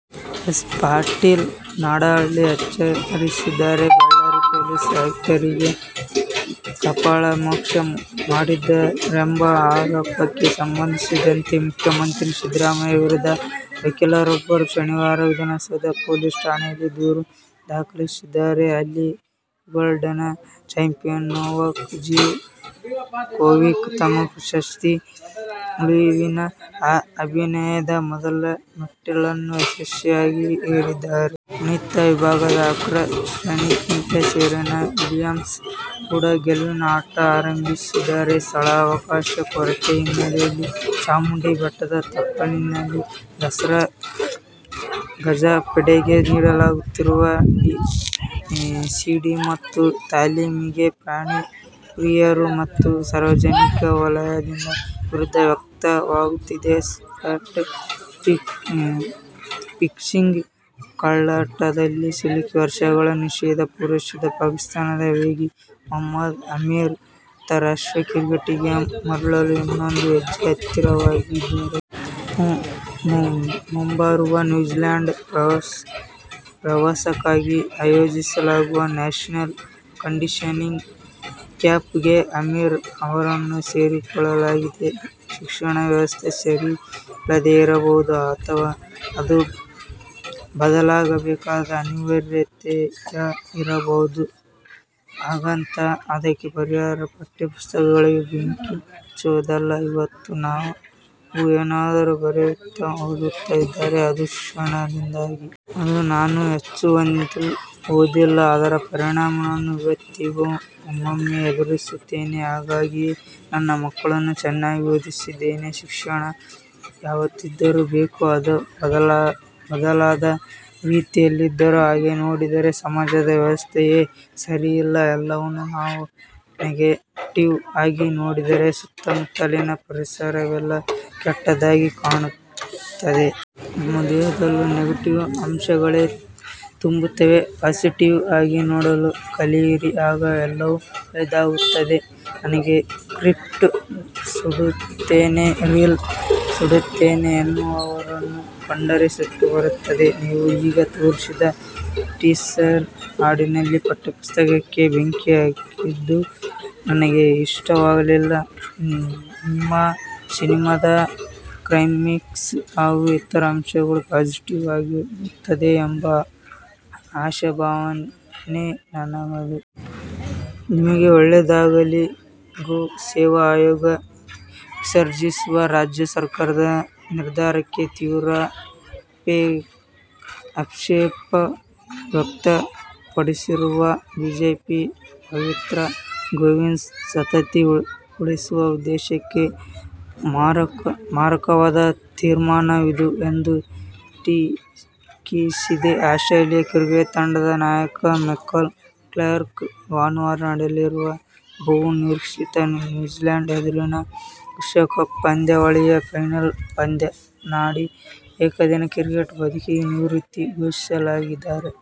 S. Patil Nadahalli ಎಚ್ಚರಿಸಿದ್ದಾರೆ. ಬಳ್ಳಾರಿ ಪಾಲಿಕೆ ಆಯುಕ್ತರಿಗೆ ಕಪಾಳಮೋಕ್ಷ ಮಾಡಿದ್ದಾರೆಂಬ ಆರೋಪಕ್ಕೆ ಸಂಬಂಧಿಸಿದಂತೆ ಮುಖ್ಯಮಂತ್ರಿ ಸಿದ್ದರಾಮಯ್ಯ ವಿರುದ್ಧ ವಕೀಲರೊಬ್ಬರು ಶನಿವಾರ ವಿಧಾನಸೌಧ ಪೊಲೀಸ್ ಠಾಣೆಯಲ್ಲಿ ದೂರು ದಾಖಲಿಸಿದ್ದಾರೆ. ಹಾಲಿ ವಿಂಬಲ್ಡನ್ ಚಾಂಪಿಯನ್ ನೊವಾಕ್ ಜೊಕೋವಿಕ್ ತಮ್ಮ ಪ್ರಶಸ್ತಿ ಉಳಿವಿನ ಅಭಿಯಾನದ ಮೊದಲ ಮೆಟ್ಟಿಲನ್ನು ಯಶಸ್ವಿಯಾಗಿ ಏರಿದ್ದಾರೆ. ವನಿತಾ ವಿಭಾಗದ ಅಗ್ರ ಶ್ರೇಯಾಂಕಿತೆ ಸೆರೆನಾ ವಿಲಿಯಮ್ಸ್ ಕೂಡ ಗೆಲುವಿನ ಆಟ ಆರಂಭಿಸಿದ್ದಾರೆ. ಸ್ಥಳಾವಕಾಶ ಕೊರತೆ ಹಿನ್ನೆಲೆಯಲ್ಲಿ ಚಾಮುಂಡಿ ಬೆಟ್ಟದ ತಪ್ಪಲಿನಲ್ಲಿ ದಸರಾ ಗಜಪಡೆಗೆ ನೀಡಲಾಗುತ್ತಿರುವ ಸಿಡಿಮದ್ದು ತಾಲೀಮಿಗೆ ಪ್ರಾಣಿ ಪ್ರಿಯರು ಮತ್ತು ಸಾರ್ವಜನಿಕ ವಲಯದಿಂದ ವಿರೋಧ ವ್ಯಕ್ತವಾಗುತ್ತಿದೆ. ಸ್ಪಾಟ್ ಫಿಕ್ಸಿಂಗ್ ಕಳ್ಳಾಟದಲ್ಲಿ ಸಿಲುಕಿ ವರ್ಷಗಳ ನಿಷೇಧ ಪೂರೈಸಿದ ಪಾಕಿಸ್ಥಾನದ ವೇಗಿ ಮೊಹಮ್ಮದ್ ಆಮೀರ್ ಅಂತಾರಾಷ್ಟ್ರೀಯ ಕ್ರಿಕೆಟಿಗೆ ಮರಳಲು ಇನ್ನೊಂದು ಹೆಜ್ಜೆ ಹತ್ತಿರವಾಗಿದ್ದಾರೆ. ಮುಂಬರುವ ನ್ಯೂಜಿಲ್ಯಾಂಡ್ ಪ್ರವಾಸಕ್ಕಾಗಿ ಆಯೋಜಿಸಲಾಗುವ "ನ್ಯಾಶನಲ್ ಕಂಡೀಷನಿಂಗ್ ಕ್ಯಾಂಪ್'ಗೆ ಆಮೀರ್ ಅವರನ್ನೂ ಸೇರಿಸಿಕೊಳ್ಳಲಾಗಿದೆ. "ಶಿಕ್ಷಣ ವ್ಯವಸ್ಥೆ ಸರಿ ಇಲ್ಲದೇ ಇರಬಹುದು ಅಥವಾ ಅದು ಬದಲಾಗಬೇಕಾದ ಅನಿವಾರ್ಯತೆಯೂ ಇರಬಹುದು. ಹಾಗಂತ ಅದಕ್ಕೆ ಪರಿಹಾರ ಪಠ್ಯಪುಸ್ತಕಗಳಿಗೆ ಬೆಂಕಿ ಹಚ್ಚೋದಲ್ಲ. ಇವತ್ತು ನಾವು ಏನಾದರೂ ಬರೆಯುತ್ತಾ, ಓದುತ್ತಾ ಇದ್ದರೆ ಅದು ಶಿಕ್ಷಣದಿಂದಾಗಿ. ಅಂದು ನಾನು ಹೆಚ್ಚು ಓದಿಲ್ಲ. ಅದರ ಪರಿಣಾಮನ್ನು ಇವತ್ತಿಗೂ ಒಮ್ಮೊಮ್ಮೆ ಎದುರಿಸುತ್ತೇನೆ. ಹಾಗಾಗಿಯೇ ನನ್ನ ಮಕ್ಕಳನ್ನು ಚೆನ್ನಾಗಿ ಓದಿಸಿದ್ದೇನೆ. ಶಿಕ್ಷಣ ಯಾವತ್ತಿದ್ದರೂ ಬೇಕು. ಅದು ಬದಲಾದ ರೀತಿಯಲ್ಲಾದರೂ. ಹಾಗೆ ನೋಡಿದರೆ ಸಮಾಜದ ವ್ಯವಸ್ಥೆಯೇ ಸರಿಯಿಲ್ಲ. ಎಲ್ಲವನ್ನು ನಾವು ನೆಗೆಟಿವ್ ಆಗಿ ನೋಡಿದರೆ ಸುತ್ತಮುತ್ತಲಿನ ಪರಿಸರವೆಲ್ಲ ಕೆಟ್ಟದಾಗಿ ಕಾಣುತ್ತದೆ. ನಮ್ಮ ದೇಹದಲ್ಲೂ ನೆಗೆಟಿವ್ ಅಂಶಗಳೇ ತುಂಬುತ್ತವೆ. ಪಾಸಿಟಿವ್ ಆಗಿ ನೋಡಲು ಕಲಿಯಿರಿ. ಆಗ ಎಲ್ಲವೂ ಒಳ್ಳೆಯದಾಗುತ್ತದೆ. ನನಗೆ ಸ್ಕ್ರಿಪ್ಟ್ ಸುಡುತ್ತೇನೆ, ರೀಲ್ ಸುಡುತ್ತೇನೆ ಎನ್ನುವವರನ್ನು ಕಂಡರೆ ಸಿಟ್ಟು ಬರುತ್ತದೆ. ನೀವು ಈಗ ತೋರಿಸಿದ ಟೀಸರ್, ಹಾಡಿನಲ್ಲಿ ಪಠ್ಯಪುಸ್ತಕಕ್ಕೆ ಬೆಂಕಿ ಹಾಕಿದ್ದು ನನಗೆ ಇಷ್ಟವಾಗಲಿಲ್ಲ. ನಿಮ್ಮ ಸಿನಿಮಾದ ಕ್ಲೈಮ್ಯಾಕ್ಸ್ ಹಾಗೂ ಇತರ ಅಂಶಗಳು ಪಾಸಿಟಿವ್ ಆಗಿರುತ್ತದೆ ಎಂಬ ಆಶಾಭಾವನೆ ನನ್ನದು. ನಿಮಗೆ ಒಳ್ಳೆಯದಾಗಲಿ' ಗೋ ಸೇವಾ ಆಯೋಗ ವಿಸರ್ಜಿಸುವ ರಾಜ್ಯ ಸರ್ಕಾರದ ನಿರ್ಧಾರಕ್ಕೆ ತೀವ್ರ ಆಕ್ಷೇಪ ವ್ಯಕ್ತಪಡಿಸಿರುವ ಬಿಜೆಪಿ, ಪವಿತ್ರ ಗೋವಿನ ಸಂತತಿ ಉಳಿಸುವ ಉದ್ದೇಶಕ್ಕೆ ಮಾರಕವಾದ ತೀರ್ಮಾನವಿದು ಎಂದು ಟೀಕಿಸಿದೆ. ಆಸ್ಟ್ರೇಲಿಯಾ ಕ್ರಿಕೆಟ್ ತಂಡದ ನಾಯಕ ಮೈಕಲ್ ಕ್ಲಾರ್ಕ್ ಭಾನುವಾರ ನಡೆಯಲಿರುವ ಬಹು ನಿರೀಕ್ಷಿತ ನ್ಯೂಜಿಲ್ಯಾಂಡ್ ಎದುರಿನ ವಿಶ್ವಕಪ್ ಪಂದ್ಯಾವಳಿಯ ಫೈನಲ್ ಪಂದ್ಯವನ್ನಾಡಿ ಏಕದಿನ ಕ್ರಿಕೆಟ್ ಬದುಕಿಗೆ ನಿವೃತ್ತಿ ಘೋಷಿಸಲಿದ್ದಾರೆ.